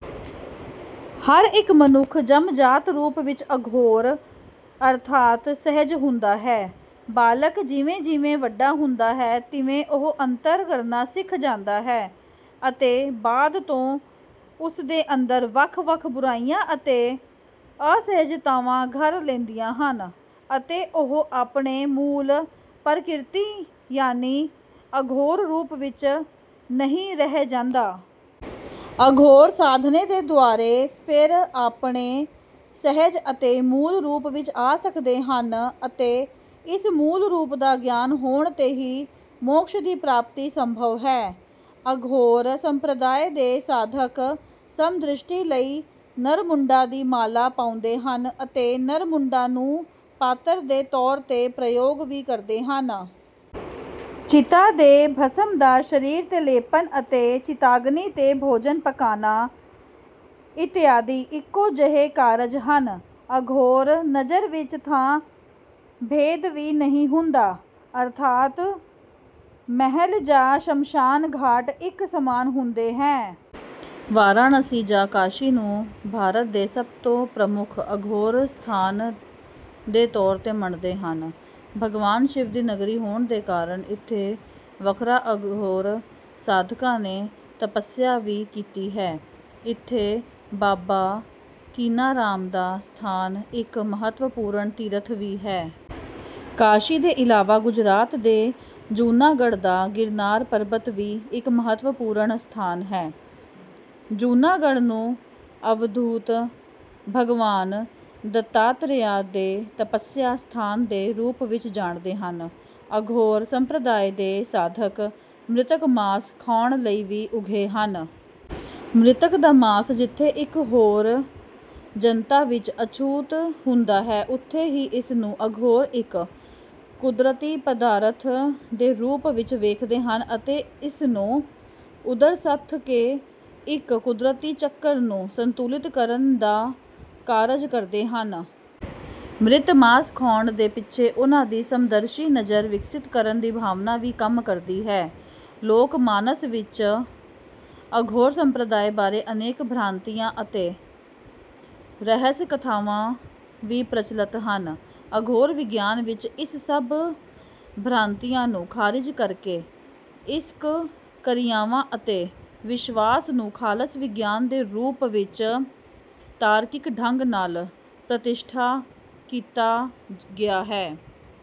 ਹਰ ਇੱਕ ਮਨੁੱਖ ਜੰਮਜਾਤ ਰੂਪ ਵਿੱਚ ਅਘੋਰ ਅਰਥਾਤ ਸਹਿਜ ਹੁੰਦਾ ਹੈ। ਬਾਲਕ ਜਿਵੇਂ ਜਿਵੇਂ ਵੱਡਾ ਹੁੰਦਾ ਹੈ ਤਿਵੇਂ ਉਹ ਅੰਤਰ ਕਰਨਾ ਸਿੱਖ ਜਾਂਦਾ ਹੈ ਅਤੇ ਬਾਅਦ ਤੋਂ ਉਸਦੇ ਅੰਦਰ ਵੱਖ-ਵੱਖ ਬੁਰਾਈਆਂ ਅਤੇ ਅਸਹਿਜਤਾਵਾਂ ਘਰ ਲੈਂਦੀਆਂ ਹਨ ਅਤੇ ਉਹ ਆਪਣੇ ਮੂਲ ਪਰਕਿਰਤੀ ਯਾਨੀ ਅਘੋਰ ਰੂਪ ਵਿੱਚ ਨਹੀਂ ਰਹਿ ਜਾਂਦਾ। ਅਘੋਰ ਸਾਧਨੇ ਦੇ ਦੁਆਰੇ ਫੇਰ ਆਪਣੇ ਸਹਿਜ ਅਤੇ ਮੂਲ ਰੂਪ ਵਿੱਚ ਆ ਸਕਦੇ ਹਨ ਅਤੇ ਇਸ ਮੂਲ ਰੂਪ ਦਾ ਗਿਆਨ ਹੋਣ 'ਤੇ ਹੀ ਮੋਕਸ਼ ਦੀ ਪ੍ਰਾਪਤੀ ਸੰਭਵ ਹੈ। ਅਘੋਰ ਸੰਪ੍ਰਦਾਏ ਦੇ ਸਾਧਕ ਸਮਦ੍ਰਿਸ਼ਟੀ ਲਈ ਨਰ ਮੁੰਡਾਂ ਦੀ ਮਾਲਾ ਪਾਓਂਦੇ ਹਨ ਅਤੇ ਨਰ ਮੁੰਡਾਂ ਨੂੰ ਪਾਤਰ ਦੇ ਤੌਰ 'ਤੇ ਪ੍ਰਯੋਗ ਵੀ ਕਰਦੇ ਹਨ। ਚਿਤਾ ਦੇ ਭਸਮ ਦਾ ਸਰੀਰ 'ਤੇ ਲੇਪਨ ਅਤੇ ਚਿਤਾਗਨੀ 'ਤੇ ਭੋਜਨ ਪਕਾਨਾ ਇਤਆਦਿ ਇੱਕੋ ਜਿਹੇ ਕਾਰਜ ਹਨ। ਅਘੋਰ ਨਜਰ ਵਿੱਚ ਥਾਂ ਭੇਦ ਵੀ ਨਹੀਂ ਹੁੰਦਾ ਅਰਥਾਤ ਮਹਲ ਜਾਂ ਸ਼ਮਸ਼ਾਨ ਘਾਟ ਇੱਕ ਸਮਾਨ ਹੁੰਦੇ ਹੈ। ਵਾਰਾਣਸੀ ਜਾਂ ਕਾਸ਼ੀ ਨੂੰ ਭਾਰਤ ਦੇ ਸਭ ਤੋਂ ਪ੍ਰਮੁੱਖ ਅਘੋਰ ਸਥਾਨ ਦੇ ਤੌਰ 'ਤੇ ਮੰਣਦੇ ਹਨ। ਭਗਵਾਨ ਸ਼ਿਵ ਦੀ ਨਗਰੀ ਹੋਣ ਦੇ ਕਾਰਨ ਇੱਥੇ ਵੱਖਰਾ ਅਘੋਰ ਸਾਧਕਾਂ ਨੇ ਤਪਸਿਆ ਵੀ ਕੀਤੀ ਹੈ। ਇੱਥੇ ਬਾਬਾ ਕੀਨਾਰਾਮ ਦਾ ਸਥਾਨ ਇੱਕ ਮਹੱਤਵਪੂਰਣ ਤੀਰਥ ਵੀ ਹੈ। ਕਾਸ਼ੀ ਦੇ ਇਲਾਵਾ ਗੁਜਰਾਤ ਦੇ ਜੂਨਾਗੜ੍ਹ ਦਾ ਗਿਰਨਾਰ ਪਰਬਤ ਵੀ ਇੱਕ ਮਹੱਤਵਪੂਰਣ ਸਥਾਨ ਹੈ। ਜੂਨਾਗੜ੍ਹ ਨੂੰ ਅਵਧੂਤ ਭਗਵਾਨ ਦੱਤਾਤਰੇਆ ਦੇ ਤਪਸਿਆ ਸਥਾਨ ਦੇ ਰੂਪ ਵਿੱਚ ਜਾਣਦੇ ਹਨ। ਅਘੋਰ ਸੰਪ੍ਰਦਾਏ ਦੇ ਸਾਧਕ ਮ੍ਰਿਤਕ ਮਾਸ ਖਾਉਣ ਲਈ ਵੀ ਉੱਘੇ ਹਨ। ਮ੍ਰਿਤਕ ਦਾ ਮਾਸ ਜਿੱਥੇ ਇੱਕ ਹੋਰ ਜਨਤਾ ਵਿੱਚ ਅਛੂਤ ਹੁੰਦਾ ਹੈ ਉੱਥੇ ਹੀ ਇਸਨੂੰ ਅਘੋਰ ਇੱਕ ਕੁਦਰਤੀ ਪਦਾਰਥ ਦੇ ਰੂਪ ਵਿੱਚ ਵੇਖਦੇ ਹਨ ਅਤੇ ਇਸਨੂੰ ਉਦਰਸਥ ਕੇ ਇੱਕ ਕੁਦਰਤੀ ਚੱਕਰ ਨੂੰ ਸੰਤੁਲਿਤ ਕਰਨ ਦਾ ਕਾਰਜ ਕਰਦੇ ਹਨ। ਮ੍ਰਿਤ ਮਾਸ ਖਾਉਣ ਦੇ ਪਿੱਛੇ ਉਨ੍ਹਾਂ ਦੀ ਸਮਦਰਸ਼ੀ ਨਜਰ ਵਿਕਸਿਤ ਕਰਨ ਦੀ ਭਾਵਨਾ ਵੀ ਕੰਮ ਕਰਦੀ ਹੈ। ਲੋਕ ਮਾਨਸ ਵਿੱਚ ਅਘੋਰ ਸੰਪ੍ਰਦਾਏ ਬਾਰੇ ਅਨੇਕ ਭਰਾਂਤੀਆ ਅਤੇ ਰਹੱਸ ਕਥਾਵਾਂ ਵੀ ਪ੍ਰਚੱਲਤ ਹਨ। ਅਘੋਰ ਵਿਗਿਆਨ ਵਿੱਚ ਇਸ ਸਭ ਭਰਾਂਤੀਆਂ ਨੂੰ ਖਾਰਿਜ ਕਰਕੇ ਇਸ ਕ ਕਿਰਿਆਵਾਂ ਅਤੇ ਵਿਸ਼ਵਾਸ ਨੂੰ ਖਾਲਸ ਵਿਗਿਆਨ ਦੇ ਰੂਪ ਵਿੱਚ ਤਾਰਕਿਕ ਢ਼ੰਗ ਨਾਲ ਪ੍ਰਤਿਸ਼ਠਾ ਕੀਤਾ ਗਿਆ ਹੈ।